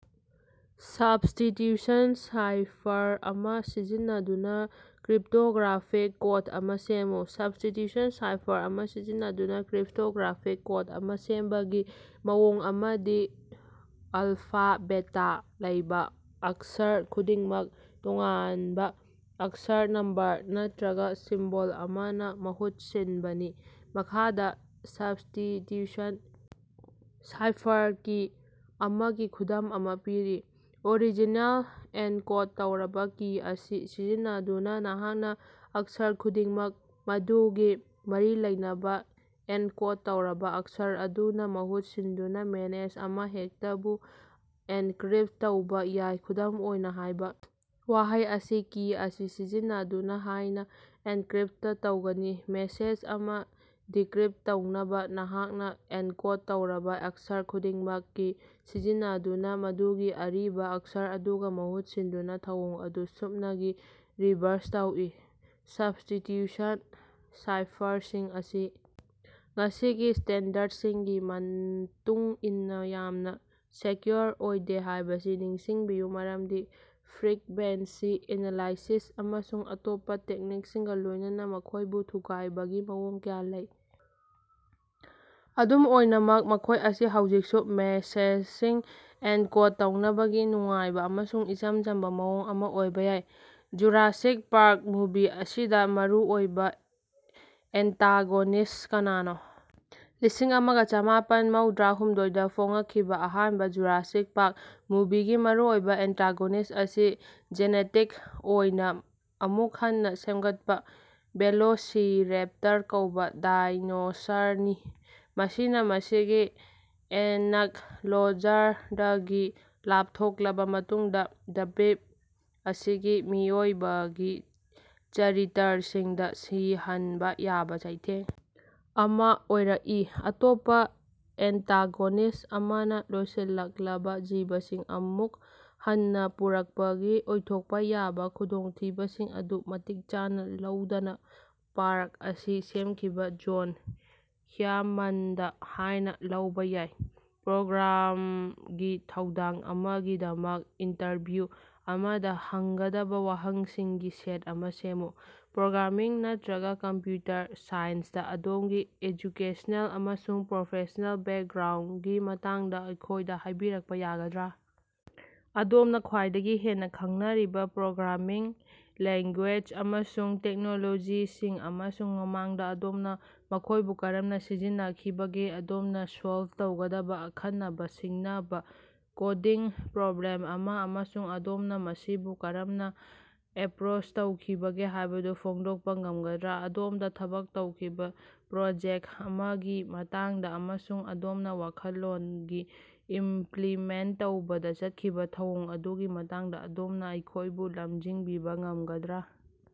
Substitution cipher ꯑꯃ ꯁꯤꯖꯤꯟꯅꯗꯨꯅ cryptographic code ꯑꯃ ꯁꯦꯝꯃꯨ꯫ ꯁꯕ꯭ꯁꯇꯤꯇ꯭ꯌꯨꯁꯟ ꯁꯥꯏꯐꯔ ꯑꯃ ꯁꯤꯖꯤꯟꯅꯗꯨꯅ ꯀ꯭ꯔꯤꯞꯇꯣꯒ꯭ꯔꯥꯐꯤꯛ ꯀꯣꯗ ꯑꯃ ꯁꯦꯝꯕꯒꯤ ꯃꯑꯣꯡ ꯑꯃꯗꯤ ꯑꯜꯐꯥ ꯕꯦꯇꯥ ꯂꯩꯕ ꯑꯛꯁꯔ ꯈꯨꯗꯤꯡꯃꯛ ꯇꯣꯉꯥꯟꯕ ꯑꯛꯁꯔ, ꯅꯝꯕꯔ ꯅꯠꯇꯔ꯭ꯒ ꯁꯤꯝꯕꯣꯜ ꯑꯃꯅ ꯃꯍꯨꯠ ꯁꯤꯟꯕꯅꯤ꯫ ꯃꯈꯥꯗ ꯁꯕ꯭ꯁꯇꯤꯇ꯭ꯌꯨꯁꯟ ꯁꯥꯏꯐꯔ ꯀꯤ ꯑꯃꯒꯤ ꯈꯨꯗꯝ ꯑꯃ ꯄꯤꯔꯤ, ꯑꯣꯔꯤꯖꯤꯅꯦꯜ - ꯑꯦꯟꯀꯣꯗ ꯇꯧꯔꯕ ꯀꯤ ꯑꯁꯤ ꯁꯤꯖꯤꯟꯅꯗꯨꯅ, ꯅꯍꯥꯛꯅ ꯑꯛꯁꯔ ꯈꯨꯗꯤꯡꯃꯛ ꯃꯗꯨꯒꯤ ꯃꯔꯤ ꯂꯩꯅꯕ ꯑꯦꯟꯀꯣꯗ ꯇꯧꯔꯕ ꯑꯛꯁꯔ ꯑꯗꯨꯅ ꯃꯍꯨꯠ ꯁꯤꯟꯗꯨꯅ ꯃꯦꯅꯦꯖ ꯑꯃꯍꯦꯛꯇꯕꯨ ꯑꯦꯟꯀ꯭ꯔꯤꯞꯇ ꯇꯧꯕ ꯌꯥꯏ꯫ ꯈꯨꯗꯝ ꯑꯣꯏꯅ, ꯍꯥꯏꯕ ꯋꯥꯍꯩ ꯑꯁꯤ ꯀꯤ ꯑꯁꯤ ꯁꯤꯖꯤꯟꯅꯗꯨꯅ ꯍꯥꯏꯅ ꯑꯦꯟꯀ꯭ꯔꯤꯞꯇ ꯇꯧꯒꯅꯤ꯫ ꯃꯦꯁꯦꯖ ꯑꯃ ꯗꯤꯀ꯭ꯔꯤꯞꯇ ꯇꯧꯅꯕ, ꯅꯍꯥꯛꯅ ꯑꯦꯟꯀꯣꯗ ꯇꯧꯔꯕ ꯑꯛꯁꯔ ꯈꯨꯗꯤꯡꯃꯛ ꯀꯤ ꯁꯤꯖꯤꯟꯅꯗꯨꯅ ꯃꯗꯨꯒꯤ ꯑꯔꯤꯕ ꯑꯛꯁꯔ ꯑꯗꯨꯒ ꯃꯍꯨꯠ ꯁꯤꯟꯗꯨꯅ ꯊꯧꯑꯣꯡ ꯑꯗꯨ ꯁꯨꯞꯅꯒꯤ ꯔꯤꯚꯔꯁ ꯇꯧꯏ꯫ ꯁꯕ꯭ꯁꯇꯤꯇ꯭ꯌꯨꯁꯟ ꯁꯥꯏꯐꯔꯁꯤꯡ ꯑꯁꯤ ꯉꯁꯤꯒꯤ ꯁ꯭ꯇꯦꯟꯗꯔꯗꯁꯤꯡꯒꯤ ꯃꯇꯨꯡ ꯏꯟꯅ ꯌꯥꯝꯅ ꯁꯦꯀ꯭ꯌꯨꯔ ꯑꯣꯏꯗꯦ ꯍꯥꯏꯕꯁꯤ ꯅꯤꯡꯁꯤꯡꯕꯤꯌꯨ, ꯃꯔꯝꯗꯤ ꯐ꯭ꯔꯤꯛꯕꯦꯟꯁꯤ ꯑꯦꯅꯥꯂꯥꯏꯁꯤꯁ ꯑꯃꯁꯨꯡ ꯑꯇꯣꯞꯄ ꯇꯦꯛꯅꯤꯛꯁꯤꯡꯒ ꯂꯣꯏꯅꯅ ꯃꯈꯣꯏꯕꯨ ꯊꯨꯒꯥꯏꯕꯒꯤ ꯃꯑꯣꯡ ꯀꯌꯥ ꯂꯩ꯫ ꯑꯗꯨꯝ ꯑꯣꯏꯅꯃꯛ, ꯃꯈꯣ ꯑꯁꯤ ꯍꯧꯖꯤꯛꯁꯨ ꯃꯦꯁꯦꯖꯁꯤꯡ ꯑꯦꯟꯀꯣꯗ ꯇꯧꯅꯕꯒꯤ ꯅꯨꯡꯉꯥꯏꯕ ꯑꯃꯁꯨꯡ ꯏꯆꯝ ꯆꯝꯕ ꯃꯑꯣꯡ ꯑꯃ ꯑꯣꯏꯕ ꯌꯥꯏ꯫ ꯖꯨꯔꯥꯁꯤꯛ ꯄꯥꯔꯛ ꯃꯨꯚꯤ ꯑꯁꯤꯗ ꯃꯔꯨ ꯑꯣꯏꯕ ꯑꯦꯟꯇꯥꯒꯣꯅꯤꯁ꯭ꯠ ꯀꯅꯥꯅꯣ? ꯂꯤꯁꯤꯡ ꯑꯃꯒ ꯆꯃꯥꯄꯜ ꯃꯧꯗ꯭ꯔꯥ ꯍꯨꯝꯗꯣꯏꯗꯥ ꯐꯣꯉꯛꯈꯤꯕ ꯑꯍꯥꯟꯕ ꯖꯨꯔꯥꯁꯤꯛ ꯄꯥꯔꯛ ꯃꯨꯚꯤꯒꯤ ꯃꯔꯨꯑꯣꯏꯕ ꯑꯦꯟꯇꯥꯒꯣꯅꯤꯁ꯭ꯠ ꯑꯁꯤ ꯖꯦꯅꯦꯇꯤꯛ ꯑꯣꯏꯅ ꯑꯃꯨꯛ ꯍꯟꯅ ꯁꯦꯝꯒꯠꯄ ꯚꯦꯂꯣꯁꯤꯔꯦꯞꯇꯔ ꯀꯧꯕ ꯗꯥꯏꯅꯣꯁꯥꯔꯅꯤ, ꯃꯁꯤꯅ ꯃꯁꯤꯒꯤ ꯑꯦꯅꯛꯂꯣꯖꯔꯗꯒꯤ ꯂꯥꯞꯊꯣꯛꯂꯕ ꯃꯇꯨꯡꯗꯥ ꯗ꯭ꯕꯤꯞ ꯑꯁꯤꯒꯤ ꯃꯤꯑꯣꯏꯕꯒꯤ ꯆꯔꯤꯇꯔꯁꯤꯡꯗ ꯁꯤꯍꯟꯕ ꯌꯥꯕ ꯆꯩꯊꯦꯡ ꯑꯃ ꯑꯣꯏꯔꯛꯏ꯫ ꯑꯇꯣꯞꯄ ꯑꯦꯟꯇꯥꯒꯣꯅꯤꯁ꯭ꯠ ꯑꯃꯅ ꯂꯣꯏꯁꯤꯜꯂꯛꯂꯕꯥ ꯖꯤꯕꯁꯤꯡ ꯑꯃꯨꯛ ꯍꯟꯅ ꯄꯨꯔꯛꯄꯒꯤ ꯑꯣꯏꯊꯣꯛꯄ ꯌꯥꯕ ꯈꯨꯗꯣꯡꯊꯤꯕꯁꯤꯡ ꯑꯗꯨ ꯃꯇꯤꯛ ꯆꯥꯅ ꯂꯧꯗꯅ ꯄꯥꯔꯛ ꯑꯁꯤ ꯁꯦꯝꯈꯤꯕ ꯖꯣꯟ ꯍ꯭ꯌꯥꯃꯟꯗ ꯍꯥꯏꯅ ꯂꯧꯕ ꯌꯥꯏ꯫ ꯄ꯭ꯔꯣꯒ꯭ꯔꯥꯝꯒꯤ ꯊꯧꯗꯥꯡ ꯑꯃꯒꯤꯗꯃꯛ ꯏꯟꯇꯔꯚꯤꯎ ꯑꯃꯗ ꯍꯪꯒꯗꯕ ꯋꯥꯍꯪꯁꯤꯡꯒꯤ ꯁꯦꯠ ꯑꯃ ꯁꯦꯝꯃꯨ꯫ ꯄ꯭ꯔꯣꯒ꯭ꯔꯥꯃꯤꯡ ꯅꯠꯇꯔ꯭ꯒ ꯀꯝꯄ꯭ꯌꯨꯇꯔ ꯁꯥꯏꯟꯁꯇꯥ ꯑꯗꯣꯝꯒꯤ ꯑꯦꯖꯨꯀꯦꯁꯅꯦꯜ ꯑꯃꯁꯨꯡ ꯄ꯭ꯔꯣꯐꯦꯁ꯭ꯅꯦꯜ ꯕꯦꯛꯒ꯭ꯔꯥꯎꯟꯗꯒꯤ ꯃꯇꯥꯡꯗ ꯑꯩꯈꯣꯏꯗ ꯍꯥꯏꯕꯤꯔꯛꯄ ꯌꯥꯒꯗ꯭ꯔꯥ? ꯑꯗꯣꯝꯅ ꯈ꯭ꯋꯥꯏꯗꯒꯤ ꯍꯦꯟꯅ ꯈꯪꯅꯔꯤꯕ ꯄ꯭ꯔꯣꯒ꯭ꯔꯥꯃꯤꯡ ꯂꯦꯡꯒꯨꯌꯦꯖ ꯑꯃꯁꯨꯡ ꯇꯦꯛꯅꯣꯂꯣꯖꯤꯁꯤꯡ, ꯑꯃꯁꯨꯡ ꯃꯃꯥꯡꯗ ꯑꯗꯣꯝꯅ ꯃꯈꯣꯏꯕꯨ ꯀꯔꯝꯅ ꯁꯤꯖꯤꯟꯅꯈꯤꯕꯒꯦ? ꯑꯗꯣꯝꯅ ꯁꯣꯜꯕ ꯇꯧꯒꯗꯕ ꯑꯈꯟꯅꯅ ꯁꯤꯡꯅꯕ ꯀꯣꯗꯤꯡ ꯄ꯭ꯔꯣꯕ꯭ꯂꯦꯝ ꯑꯃ, ꯑꯃꯁꯨꯡ ꯑꯗꯣꯝꯅ ꯃꯁꯤꯕꯨ ꯀꯔꯝꯅ ꯑꯦꯞꯔꯣꯆ ꯇꯧꯈꯤꯕꯒꯦ ꯍꯥꯏꯕꯗꯨ ꯐꯣꯡꯗꯣꯛꯄ ꯉꯝꯒꯗ꯭ꯔꯥ? ꯑꯗꯣꯝꯗ ꯊꯕꯛ ꯇꯧꯈꯤꯕ ꯄ꯭ꯔꯣꯖꯦꯛꯇ ꯑꯃꯒꯤ ꯃꯇꯥꯡꯗ ꯑꯃꯁꯨꯡ ꯑꯗꯣꯝꯅ ꯋꯥꯈꯟꯂꯣꯟꯒꯤ ꯏꯝꯐ꯭ꯂꯤꯃꯦꯟꯇ ꯇꯧꯕꯗ ꯆꯠꯈꯤꯕ ꯊꯧꯑꯣꯡ ꯑꯗꯨꯒꯤ ꯃꯇꯥꯡꯗ ꯑꯗꯣꯝꯅ ꯑꯩꯈꯣꯏꯕꯨ ꯂꯝꯖꯤꯡꯕꯤꯕ ꯉꯝꯒꯗ꯭ꯔꯥ?